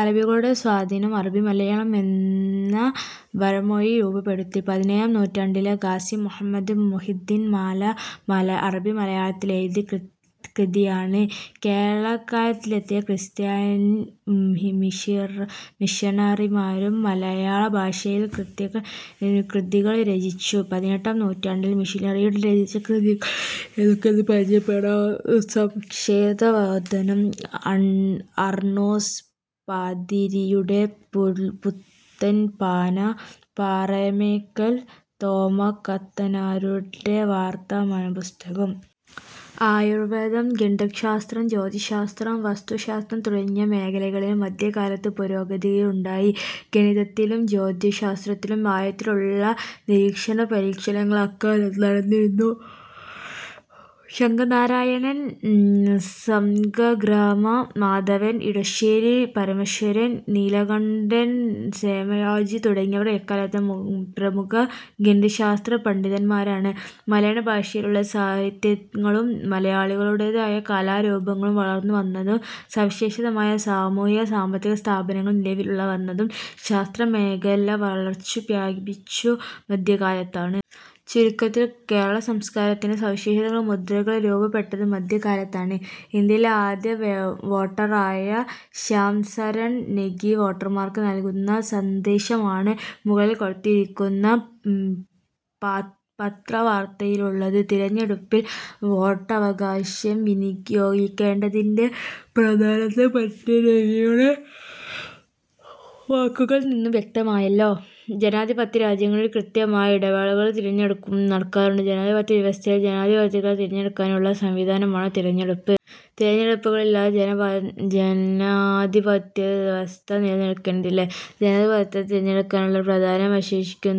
അറബികളുടെ സ്വാധീനം അറബിമലയാളം എന്ന വരമൊഴി രൂപപ്പെടുത്തി. പതിനേഴാം നൂറ്റാണ്ടിലെ ഖാസി മുഹമ്മദിന്റെ മുഹ്യിദ്ദീൻ മാല അറബിമലയാളത്തിലെഴുതിയ കൃതിയാണ്. കേരളക്കരയിലെത്തിയ ക്രിസ്ത്യൻ മിഷണറിമാരും മലയാളഭാഷയിൽ കൃതികൾ രചിച്ചു. പതിനെട്ടാം നൂറ്റാണ്ടിൽ മിഷനറിമാർ രചിച്ച കൃതികൾ ഏതൊക്കെയെന്ന് പരിചയപ്പെടാം. സംക്ഷേപവേദാർഥം, അർണോസ് പാതിരിയുടെ പുത്തൻപാന, പാറേമാക്കൽ തോമാക്കത്തനാരുടെ വർത്തമാനപ്പുസ്തകം. ആയുർവേദം, ഗണിതശാസ്ത്രം, ജ്യോതിശ്ശാസ്ത്രം, വാസ്തു ശാസ്ത്രം തുടങ്ങിയ മേഖലകളിലും മധ്യകാലത്ത് പുരോഗതിയുണ്ടായി. ഗണിതത്തിലും ജ്യോതിശ്ശാസ്ത്രത്തിലും ആഴത്തിലുള്ള നിരീക്ഷണപരീക്ഷണങ്ങൾ അക്കാലത്ത് നടന്നിരുന്നു. ശങ്ക രനാരായണൻ, സംഗമഗ്രാമ മാധവൻ, വടശ്ശേരി പരമേശ്വരൻ, നീലകണ്ഠ സോമയാജി തുടങ്ങിയവർ അക്കാലത്തെ പ്രമുഖ ഗണിത ശാസ്ത്ര പണ്ഡിതന്മാരാണ്. മലയാളഭാഷയിലുള്ള സാഹിത്യകൃതികളും മലയാളിയുടേതായ കലാരൂപങ്ങളും വളർന്നു വന്നതും സവിശേഷമായ സാമൂ ഹിക-സാമ്പത്തിക സ്ഥാപനങ്ങൾ നിലവിൽ വന്നതും ശാസ്ത്ര മേഖല വളർച്ച പ്രാപിച്ചതും മധ്യകാലത്താണ്. ചുരുക്കത്തിൽ, കേരളസംസ്കാരത്തിന്റെ സവിശേഷ മുദ്രകൾ രൂപപ്പെട്ടത് മധ്യ കാലത്താണ്. ഇന്ത്യയിലെ ആദ്യ വോട്ടറായ ശ്യാംസരൺ നെഗി വോട്ടർമാർക്ക് നൽകുന്ന സന്ദേശമാണ് മുകളിൽ കൊടുത്തിരിക്കുന്ന പത്രവാർത്തയിലുള്ളത്. തിരഞ്ഞെടുപ്പിൽ വോട്ടവകാശം വിനിയോഗിക്കേണ്ടതിന്റെ പ്രാധാന്യത്തെപ്പറ്റി നെഗിയുടെ വാക്കുകളിൽ നിന്നു വ്യക്തമായല്ലോ. ജനാധിപത്യരാജ്യങ്ങളിൽ കൃത്യമായ ഇടവേളകളിൽ തിരഞ്ഞെടുപ്പ് നടക്കാറുണ്ട്. ജനാധിപത്യവ്യവസ്ഥയിൽ ജനപ്രതിനിധികളെ തിരഞ്ഞെടുക്കാനുള്ള സംവിധാനമാണ് തിരഞ്ഞെടുപ്പ്. തിരഞ്ഞെടുപ്പുകളില്ലാതെ ജനാധിപത്യവ്യവസ്ഥ നിലനിൽക്കുകയില്ല. ജനാധിപത്യത്തിൽ തിരഞ്ഞെടുപ്പിനുള്ള പ്രാധാന്യം പരിശോധിക്കൂ.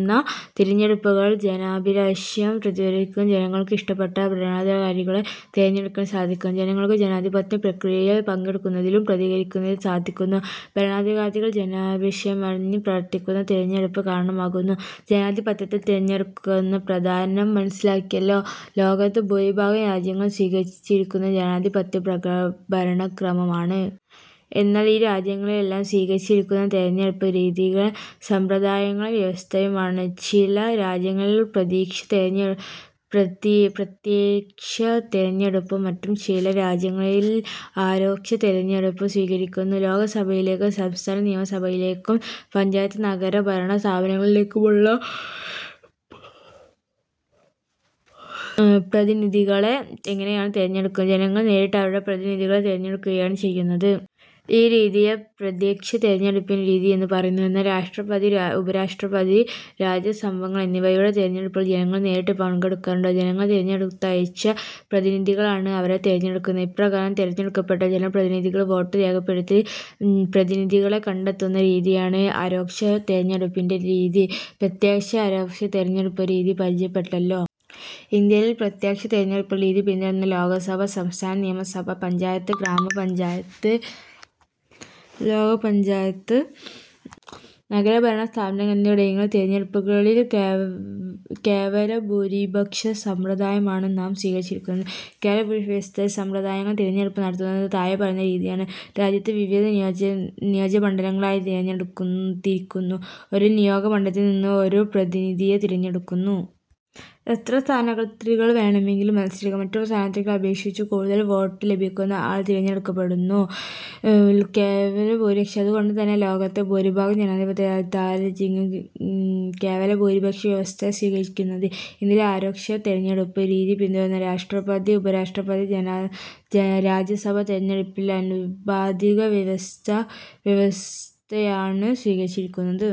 തിരഞ്ഞെടുപ്പുകൾ ജനാഭിലാഷം പ്രതിഫലിപ്പിക്കുന്നു. ജനങ്ങൾക്കിഷ്ടപ്പെട്ട ഭരണാധികാരികളെ തിരഞ്ഞെടുക്കാൻ സാധിക്കുന്നു. ജനങ്ങൾക്ക് ജനാധിപത്യ പ്രക്രിയയിൽ പങ്കെടുക്കുന്നതിനും പ്രതികരിക്കുന്നതിനും സാധിക്കുന്നു. ഭരണാധികാരികൾ ജനാഭിലാഷമറിഞ്ഞ് പ്രവർത്തിക്കുന്നതിന് തിരഞ്ഞെടുപ്പ് കാരണമാകുന്നു. ജനാധിപത്യത്തിൽ തിരഞ്ഞെടുപ്പുകൾക്കുള്ള പ്രാധാന്യം മനസ്സിലാക്കിയല്ലോ. ലോകത്ത് ഭൂരിഭാഗം രാജ്യങ്ങളും സ്വീകരിച്ചിരിക്കുന്നത് ജനാധിപത്യ ഭരണക്രമമാണ്. എന്നാൽ ഈ രാജ്യങ്ങളിലെല്ലാം സ്വീകരിച്ചിരിക്കുന്ന തിരഞ്ഞെടുപ്പ് രീതികളും സമ്പ്രദായങ്ങളും വ്യത്യസ്തമാണ്. ചില രാജ്യങ്ങളിൽ പ്രത്യക്ഷ തിരഞ്ഞെടുപ്പും മറ്റു ചില രാജ്യങ്ങളിൽ പരോക്ഷ തിരഞ്ഞെടുപ്പും സ്വീകരിച്ചിരിക്കുന്നു. ലോകസഭയിലേക്കും സംസ്ഥാന നിയമസഭകളിലേക്കും പഞ്ചായത്ത് നഗര ഭരണ സ്ഥാപനങ്ങളിലേക്കുമുള്ള പ്രതിനിധികളെ എങ്ങനെയാണ് തിരഞ്ഞടുക്കുന്നത്? ജനങ്ങൾ നേരിട്ട് അവരുടെ പ്രതിനിധികളെ തിരഞ്ഞെടുക്കുകയാണ് ചെയ്യുന്നത്. ഈ രീതിയെ പ്രത്യക്ഷ തിരഞ്ഞെടുപ്പുരീതി എന്നു പറയുന്നു. എന്നാൽ രാഷ്ട്രപതി, ഉപരാഷ്ട്രപതി, രാജ്യസഭാംഗങ്ങൾ എന്നിവരുടെ തിരഞ്ഞെടുപ്പുകളിൽ ജനങ്ങൾ നേരിട്ട് പങ്കെടുക്കാറുണ്ടോ? ജനങ്ങൾ തിരഞ്ഞെടുത്തയച്ച പ്രതിനിധികളാണ് ഇവരെ തിരഞ്ഞെടുക്കുന്നത്. ഇപ്രകാരം തിരഞ്ഞെടുക്കപ്പെട്ട ജനപ്രതിനിധികൾ വോട്ട് രേഖപ്പെടുത്തി പ്രതിനിധികളെ കണ്ടെത്തുന്ന രീതിയാണ് പരോക്ഷ തിരഞ്ഞെടുപ്പുരീതി. പ്രത്യക്ഷ-പരോക്ഷ തിരഞ്ഞെടുപ്പുരീതികൾ പരിചയപ്പെട്ടല്ലോ. ഇന്ത്യയിൽ പ്രത്യക്ഷ തിരഞ്ഞെടുപ്പുരീതി പിന്തുടരുന്ന ലോകസഭ, സംസ്ഥാന നിയമ സഭകൾ, പഞ്ചായത്ത്-നഗരഭരണ സ്ഥാപനങ്ങൾ എന്നിവിടങ്ങളിലേക്കുള്ള തിരഞ്ഞെടുപ്പുകളിൽ കേവലഭൂരിപക്ഷ സമ്പ്രദായമാണ് നാം സ്വീകരിച്ചിരിക്കുന്നത്. കേവല ഭൂരിപക്ഷ വ്യവസ്ഥ സമ്പ്രദായമനുസരിച്ച് തിരഞ്ഞെടുപ്പ് നടത്തുന്നത് താഴെ പറയുന്ന രീതിയിലാണ്. രാജ്യത്തെ വിവിധ നിയോജകമണ്ഡലങ്ങളായി തിരിക്കുന്നു. ഒരു നിയോജക മണ്ഡലത്തിൽ നിന്ന് ഒരു പ്രതിനിധിയെ തിരഞ്ഞെടുക്കുന്നു. എത്ര സ്ഥാനാർഥികൾക്ക് വേണമെങ്കിലും മത്സരിക്കാം. മറ്റു സ്ഥാനാർഥികളെ അപേക്ഷിച്ച് കൂടുതൽ വോട്ട് ലഭിക്കുന്ന ആൾ തിരഞ്ഞെടുക്കപ്പെടുന്നു. ലളിതവും എളുപ്പത്തിൽ നടപ്പാക്കാൻ കഴിയുന്നതുമായ തിരഞ്ഞെടുപ്പുരീതിയാണ് കേവലഭൂരിപക്ഷവ്യവസ്ഥ. അതുകൊണ്ടുതന്നെ ലോകത്തെ ഭൂരിഭാഗം ജനാധിപ ത്യരാജ്യങ്ങളും കേവലഭൂരിപക്ഷ വ്യവസ്ഥയാണ് സ്വീകരിച്ചിരിക്കുന്നത്. ഇന്ത്യയിൽ പരോക്ഷ തിരഞ്ഞെടുപ്പു രീതി പിന്തുടരുന്ന രാഷ്ട്രപതി, ഉപരാഷ്ട്രപതി, രാജ്യസഭാ തിരഞ്ഞെടുപ്പുകളിൽ ആനുപാതിക പ്രാതിനിധ്യ വ്യവസ്ഥയാണ് സ്വീകരിച്ചിരിക്കുന്നത്.